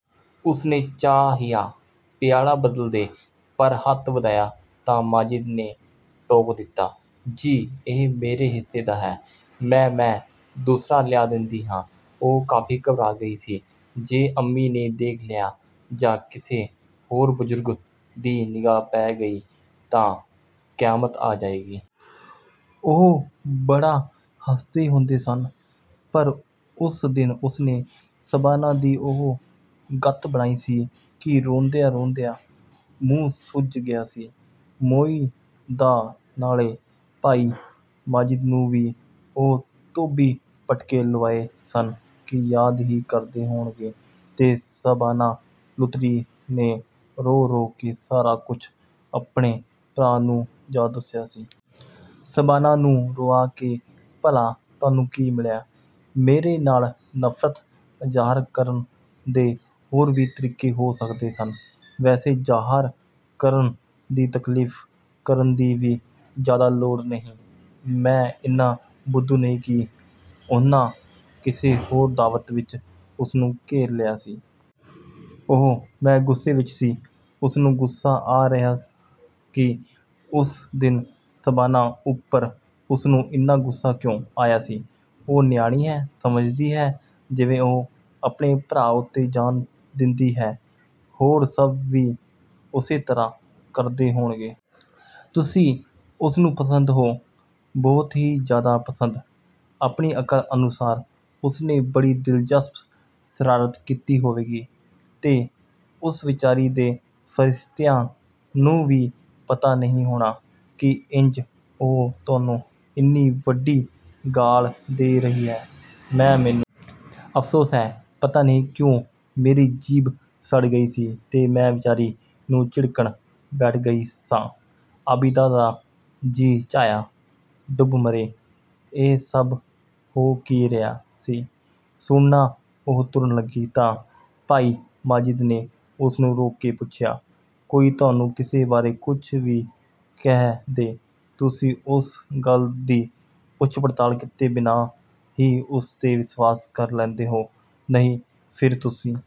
ਉਸਨੇ ਚਾਹਿਆ ਪਿਆਲਾ ਬਦਲ ਦੇ, ਪਰ ਹੱਥ ਵਧਾਇਆ ਤਾਂ ਮਾਜਿਦ ਨੇ ਟੋਕ ਦਿੱਤਾ।"ਜੀ, ਇਹ ਮੇਰੇ ਹਿੱਸੇ ਦਾ ਹੈ।""ਮੈਂ-ਮੈਂ, ਦੂਸਰਾ ਲਿਆ ਦੇਂਦੀ ਹਾਂ"। ਉਹ ਕਾਫੀ ਘਬਰਾ ਗਈ ਸੀ, 'ਜੇ ਅੰਮੀ ਨੇ ਦੇਖ ਲਿਆ ਜਾਂ ਕਿਸੇ ਹੋਰ ਬਜ਼ੁਰਗ ਦੀ ਨਿਗਾਹ ਪੈ ਗਈ ਤਾਂ ਕਿਆਮਤ ਹੀ ਆ ਜਾਏਗੀ।' ਉਹ ਬੜਾ ਹੱਸਦੇ ਹੁੰਦੇ ਸਨ, ਪਰ ਉਸ ਦਿਨ ਉਸਨੇ ਸ਼ਬਾਨਾ ਦੀ ਉਹ ਗਤ ਬਣਾਈ ਸੀ ਕਿ ਰੋਂਦਿਆਂ-ਰੋਂਦਿਆਂ ਮੂੰਹ ਸੁੱਜ ਗਿਆ ਸੀ ਮੋਈ ਦਾ ਨਾਲੇ ਭਾਈ ਮਾਜਿਦ ਨੂੰ ਵੀ ਉਹ ਧੋਬੀ ਪਟਕੇ ਲੁਆਏ ਸਨ ਕਿ ਯਾਦ ਹੀ ਕਰਦੇ ਹੋਣਗੇ ਤੇ ਸ਼ਬਾਨਾ ਲੁਤਰੀ ਨੇ ਰੋ-ਰੋ ਕੇ ਸਾਰਾ ਕੁਝ ਆਪਣੇ ਭਰਾ ਨੂੰ ਜਾ ਦੱਸਿਆ ਸੀ। "ਸ਼ਬਾਨਾ ਨੂੰ ਰੁਆ ਕੇ ਭਲਾ ਤੁਹਾਨੂੰ ਕੀ ਮਿਲਿਆ? ਮੇਰੇ ਨਾਲ ਨਫ਼ਰਤ ਜ਼ਾਹਰ ਕਰਨ ਦੇ ਹੋਰ ਵੀ ਤਰੀਕੇ ਹੋ ਸਕਦੇ ਸਨ। ਵੈਸੇ ਜ਼ਾਹਰ ਕਰਨ ਦੀ ਤਕਲੀਫ਼ ਕਰਨ ਦੀ ਵੀ ਜ਼ਿਆਦਾ ਲੋੜ ਨਹੀਂ, ਮੈਂ ਇੰਨਾ ਬੁੱਧੂ ਨਹੀਂ ਕਿ"-- ਉਨ੍ਹਾਂ ਕਿਸੇ ਹੋਰ ਦਾਵਤ ਵਿੱਚ ਉਸਨੂੰ ਘੇਰ ਲਿਆ ਸੀ। "ਉਹ, ਮੈਂ ਗੁੱਸੇ ਵਿੱਚ ਸੀ", ਉਸਨੂੰ ਗੁੱਸਾ ਆ ਰਿਹਾ ਕਿ ਉਸ ਦਿਨ ਸ਼ਬਾਨਾ ਉੱਪਰ ਉਸਨੂੰ ਇੰਨਾ ਗੁੱਸਾ ਕਿਉਂ ਆਇਆ ਸੀ। "ਉਹ ਨਿਆਣੀ ਹੈ, ਸਮਝਦੀ ਹੈ ਜਿਵੇਂ ਉਹ ਆਪਣੇ ਭਰਾ ਉੱਤੇ ਜਾਨ ਦਿੰਦੀ ਹੈ, ਹੋਰ ਸਭ ਵੀ ਉਸੇ ਤਰ੍ਹਾਂ ਕਰਦੇ ਹੋਣਗੇ। ਤੁਸੀਂ ਉਸਨੂੰ ਪਸੰਦ ਹੋ, ਬਹੁਤ ਹੀ ਜ਼ਿਆਦਾ ਪਸੰਦ ਆਪਣੀ ਅਕਲ ਅਨੁਸਾਰ ਉਸਨੇ ਬੜੀ ਦਿਲਚਸਪ ਸ਼ਰਾਰਤ ਕੀਤੀ ਹੋਵੇਗੀ, ਤੇ ਉਸ ਵਿਚਾਰੀ ਦੇ ਫਰਿਸ਼ਤਿਆਂ ਨੂੰ ਵੀ ਪਤਾ ਨਹੀਂ ਹੋਣਾ ਕਿ ਇੰਜ ਉਹ ਤੁਹਾਨੂੰ ਇੰਨੀ ਵੱਡੀ ਗਾਲ੍ਹ ਦੇ ਰਹੀ ਹੈ"।"ਮੈਂ-ਮੈਨੂੰ ਅਫ਼ਸੋਸ ਹੈ, ਪਤਾ ਨਹੀਂ ਕਿਉਂ ਮੇਰੀ ਜੀਭ ਸੜ ਗਈ ਸੀ ਤੇ ਮੈਂ ਵਿਚਾਰੀ ਨੂੰ ਝਿੜਕਣ ਬੈਠ ਗਈ ਸਾਂ"। ਆਬਿਦਾ ਦਾ ਜੀਅ ਚਾਹਿਆ, ਡੁੱਬ ਮਰੇ। ਇਹ ਸਭ ਹੋ ਕੀ ਰਿਹਾ ਸੀ?"ਸੁਣਨਾ", ਉਹ ਤੁਰਨ ਲੱਗੀ ਤਾਂ ਭਾਈ ਮਾਜਿਦ ਨੇ ਉਸਨੂੰ ਰੋਕ ਕੇ ਪੁੱਛਿਆ,"ਕੋਈ ਤੁਹਾਨੂੰ ਕਿਸੇ ਬਾਰੇ ਕੁਝ ਵੀ ਕਹਿ ਦੇ, ਤੁਸੀਂ ਉਸ ਗੱਲ ਦੀ ਪੁੱਛ-ਪੜਤਾਲ ਕੀਤੇ ਬਿਨਾਂ ਹੀ ਉਸ 'ਤੇ ਵਿਸ਼ਵਾਸ ਕਰ ਲੈਂਦੇ ਹੋ"। "ਨਹੀਂ"।"ਫਿਰ ਤੁਸੀਂ